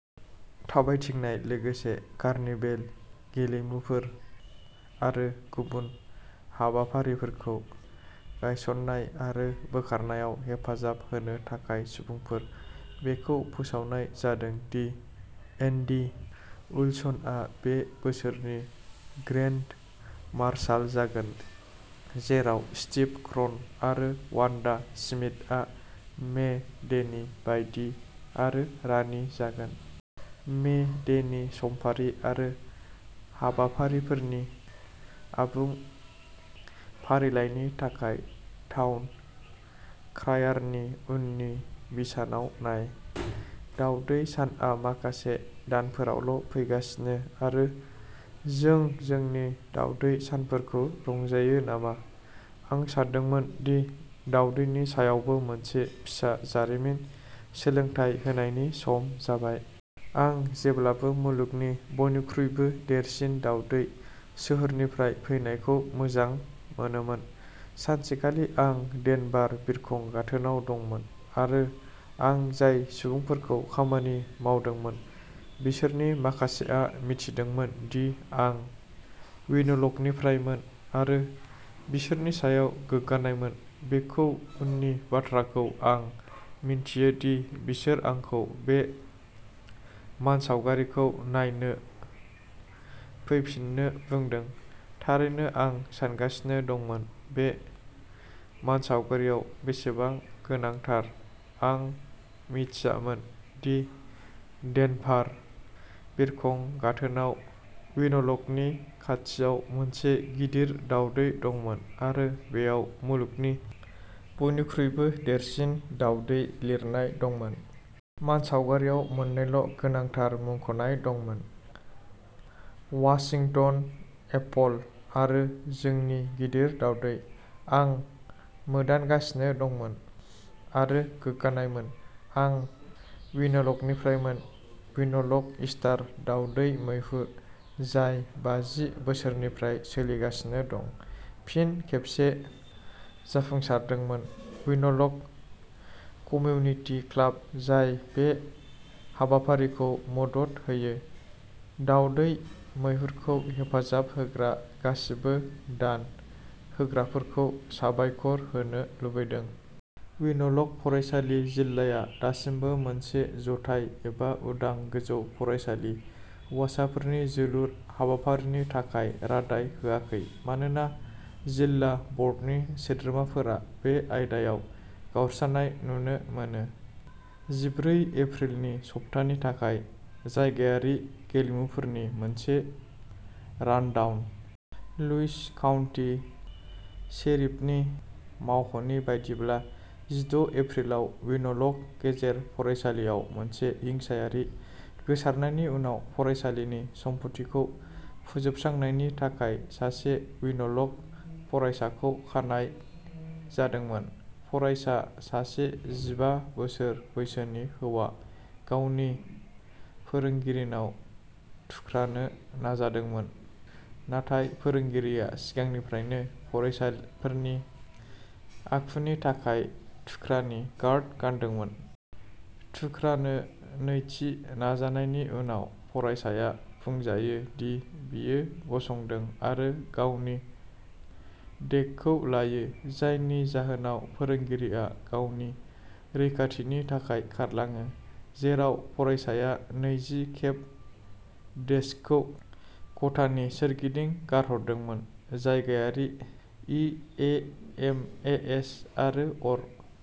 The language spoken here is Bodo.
थाबायथिंनाय, लोगोसे कार्निभेल गेलेमुफोर आरो गुबुन हाबाफारिफोरखौ गायसन्नाय आरो बोखारनायाव हेफाजाब होनो थाखाय सुबुंफोर। बेखौ फोसावनाय जादों दि एन्डि उइलसनआ बे बोसोरनि ग्रेन्ड मार्शाल जागोन, जेराव स्टिभ क्रन आरो वान्डा स्मिथआ मे डेनि बायदि आरो रानि जागोन। मे डेनि समफारि आरो हाबाफारिफोरनि आबुं फारिलाइनि थाखाय, टाउन क्रायारनि उननि बिसानाव नाय। दावदै सानआ माखासे दानफोरावल' फैगासिनो आरो जों जोंनि दावदै सानफोरखौ रंजायो नामा। आं सानदोंमोन दि दावदैनि सायावबो मोनसे फिसा जारिमिन सोलोंथाय होनायनि सम जाबाय। आं जेब्लाबो मुलुगनि बयनिख्रुइबो देरसिन दावदै सोहोरनिफ्राय फैनायखौ मोजां मोनोमोन। सानसेखालि आं डेनभार बिरखं गाथोनाव दंमोन आरो आं जाय सुबुंफोरजों खामानि मावदोंमोन बिसोरनि माखासेआ मिथिदोंमोन दि आं विनलकनिफ्रायमोन आरो बिसोरनि सायाव गोग्गानायमोन। बेखौ उननि बाथ्राखौ आं मिथियो दि बिसोर आंखौ बे मानसावगारिखौ नायनो फैफिननो बुंदों, थारैनो आं सानगासिनो दंमोन बे मानसावगारियाव बेसेबां गोनांथार आं मिथियामोन दि डेनभार बिरखं गाथोनाव विनलकनि खाथियाव मोनसे गिदिर दावदै दंमोन आरो बेयाव मुलुगनि बयनिख्रुइबो देरसिन दावदै लिरनाय दंमोन। मानसावगारियाव मोननैल' गोनांथार मुंख'नाय दंमोन, वाशिंटन एपल आरो जोंनि गिदिर दावदै। आं मोदानगासिनो दंमोन, आं गोग्गानायमोन, आं विनलकनिफ्रायमोन!! विनलक इस्टार दावदै मैहुर, जाय बाजि बोसोरनिफ्राय सोलिगासिनो दं, फिन खेबसे जाफुंसारदोंमोन। विनलक कमिउनिटि क्लाब, जाय बे हाबाफारिखौ मदद होयो, दावदै मैहुरखौ हेफाजाब होग्रा गासिबो दान होग्राफोरखौ साबायखर होनो लुबैदों। विनलक फरायसालि जिल्लाया दासिमबो मोनसे जथाय एबा उदां गोजौ फरायसालि हौवासाफोरनि जोलुर हाबाफारिनि थाखाय रादाय होआखै मानोना जिल्ला बर्डनि सोद्रोमाफोरा बे आयदायाव गावस्रानाय नुनो मोनो। जिब्रै एप्रिलनि सप्तानि थाखाय जायगायारि गेलेमुफोरनि मोनसे रानडाउन। लुइस काउन्टि शेरिफनि मावख'नि बायदिब्ला, जिद' एप्रिलाव विनलक गेजेर फरायसालिआव मोनसे हिंसायारि गोसारनायनि उनाव फरायसालिनि सम्फथिखौ फोजोबस्रांनायनि थाखाय सासे विनलक फरायसाखौ खानाय जादोंमोन। फरायसा, सासे जिबा बोसोर बैसोनि हौवा, गावनि फोरोंगिरिनाव थुख्रानो नाजादोंमोन, नाथाय फोरोंगिरिआ सिगांनिफ्राइनो फरायसाफोरनि आखुनि थाखाय थुख्रानि गार्ड गानदोंमोन। थुख्रानो नैथि नाजानायनि उनाव, फरायसाया बुंजायो दि बियो गसंदों आरो गावनि डेकखौ लायो, जायनि जाहोनाव फोरोंगिरिआ गावनि रैखाथिनि थाखाय खारलाङो, जेराव फरायसाया नैजि खेब डेस्कखौ खथानि सोरगिदिं गारहरदोंमोन। जायगायारि इएमएस आरो अर।